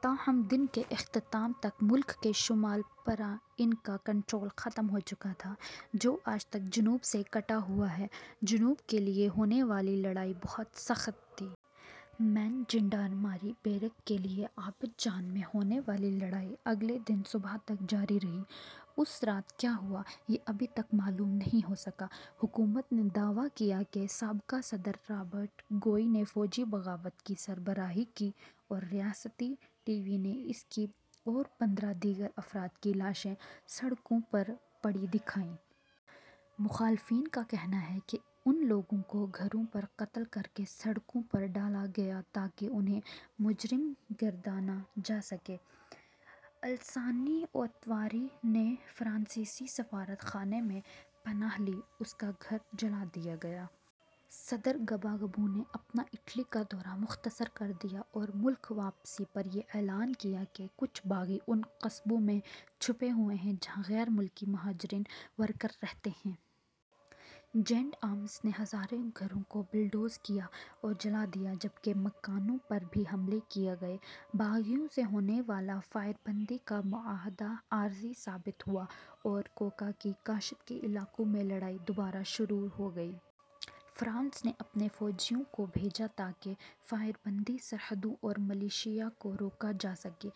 تاہم دن کے اختتام تک ملک کے شمال پر ان کا کنٹرول ختم ہو چکا تھا جو آج تک جنوب سے کٹا ہوا ہے۔ جنوب کے لیے ہونے والی لڑائی بہت سخت تھی۔ مین جینڈارماری بیرک کے لیے عابدجان میں ہونے والی لڑائی اگلے دن صبح تک جاری رہی۔ اس رات کیا ہوا، یہ ابھی تک معلوم نہیں ہو سکا۔ حکومت نے دعویٰ کیا کہ سابقہ صدر رابرٹ گوئی نے فوجی بغاوت کی سربراہی کی اور ریاستی ٹی وی نے اس کی اور پندرہ دیگر افراد کی لاشیں سڑکوں پر پڑی دکھائیں۔ مخالفین کا کہنا ہے کہ ان لوگوں کو گھروں پر قتل کرکے سڑکوں پرڈالا گیا تاکہ انھیں مجرم گردانا جا سکے۔ الاسانے اوتارا نے فرانسیسی سفارت خانے میں پناہ لی اور اس کا گھر جلا دیا گیا۔ صدر گباگبو نے اپنا اٹلی کا دورہ مختصر کر دیا اورملک واپسی پر یہ اعلان کیا کہ کچھ باغی ان قصبوں میں چھپے ہوئے ہیں جہاں غیر ملکی مہاجرین ورکر رہتے ہ یں۔ جینڈآرمس نے ہزاروں گھروں کو بلڈوز کیا اور جلا دیا جبکہ مکینوں پر بھی حملے کیے گئے۔ باغیوں سے ہونے والا فائر بندی کا معاہدہ عارضی ثابت ہوا اور کوکا کی کاشت کے علاقوں میں لڑائی دوبارہ شروع ہو گئی۔ فرانس نے اپنے فوجیوں کو بھیجا تاکہ فائر بندی، سرحدوں اور ملیشیا کو روکا جا سکے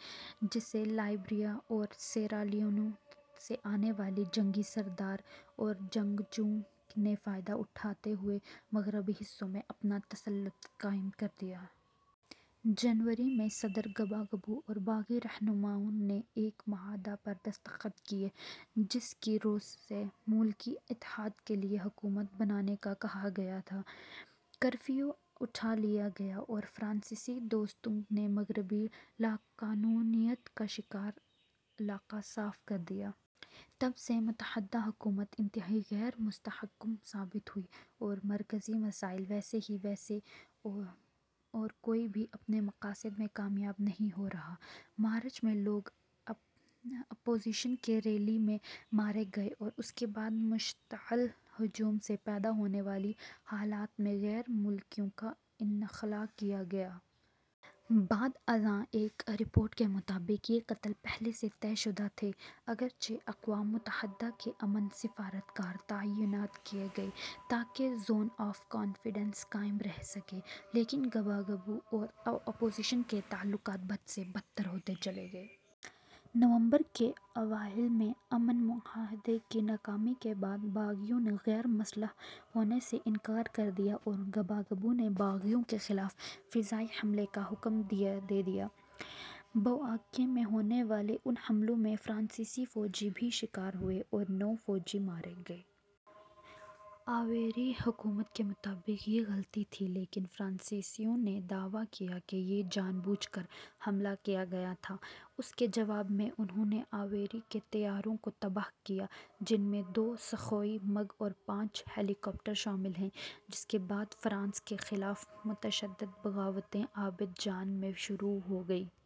جسسے لائبیریا اور سیریالون سے آنے والے جنگی سردار اور جنگجوؤں نے فائدہ اٹھاتے ہوئے مغربی حصوں پر اپنا تسلط قائم کر لیا۔ جنوری ء میں صدر گباگبو اور باغی رہنماؤں نے ایک معاہدے پر دستخط کیے جس کی رو سے "ملکی اتحاد کے لیے حکومت" بنانے کا کہا گیا تھا۔ کرفیو اٹھا لیا گیا اور فرانسیسی دستوں نے مغربی لاقانونیت کا شکار علاقہ صاف کر دیا۔ تب سے متحدہ حکومت انتہائی غیر مستحکم ثابت ہوئی ہے اور مرکزی مسائل ویسے کے ویسے ہیں اور کوئی بھی اپنے مقاصد میں کامیاب نہیں ہو رہا۔ مارچ ء میں لوگ اپوزیشن کی ریلی میں مارے گئے اور اس کے بعد مشتعل ہجوم سے پیدا ہونے والے حالات میں غیر ملکیوں کا انخلا کیا گیا۔ بعد ازاں ایک رپورٹ کے مطابق یہ قتل پہلے سے طے شدہ تھے۔ اگرچہ اقوام متحدہ کے امن سفارت کار تعینات کیے گئے تاکہ زون آف کانفیڈنس قائم رہ سکے لیکن گباگبو اور اپوزیشن کے تعلقات بد سے بدتر ہوتے چلے گئے۔ نومبر ء کے اوائل میں امن معاہدے کی ناکامی کے بعد باغیوں نے غیر مسلح ہونے سے انکار کر دیا اور گباگبو نے باغیوں کے خلاف فضائی حملے کا حکم دے دیا۔ بوآکے میں ہونے والے ان حملوں میں فرانسیسی فوجی بھی شکار ہوئے اور نو فوجی مارے گئے۔ آئیوری حکومت کے مطابق یہ غلطی تھی لیکن فرانسیسیوں نے دعویٰ کیا کہ یہ جان بوجھ کر حملہ کیا گیا تھا۔ اس کے جواب میں انھوں نے آئیوری کے طیاروں کو تباہ کیا جن میں دو سخوئی مگ اور پانچ ہیلی کاپٹر شامل ہیں جس کے بعد فرانس کے خلاف متشدد بغاوتیں عابدجان میں شروع ہو گئیں۔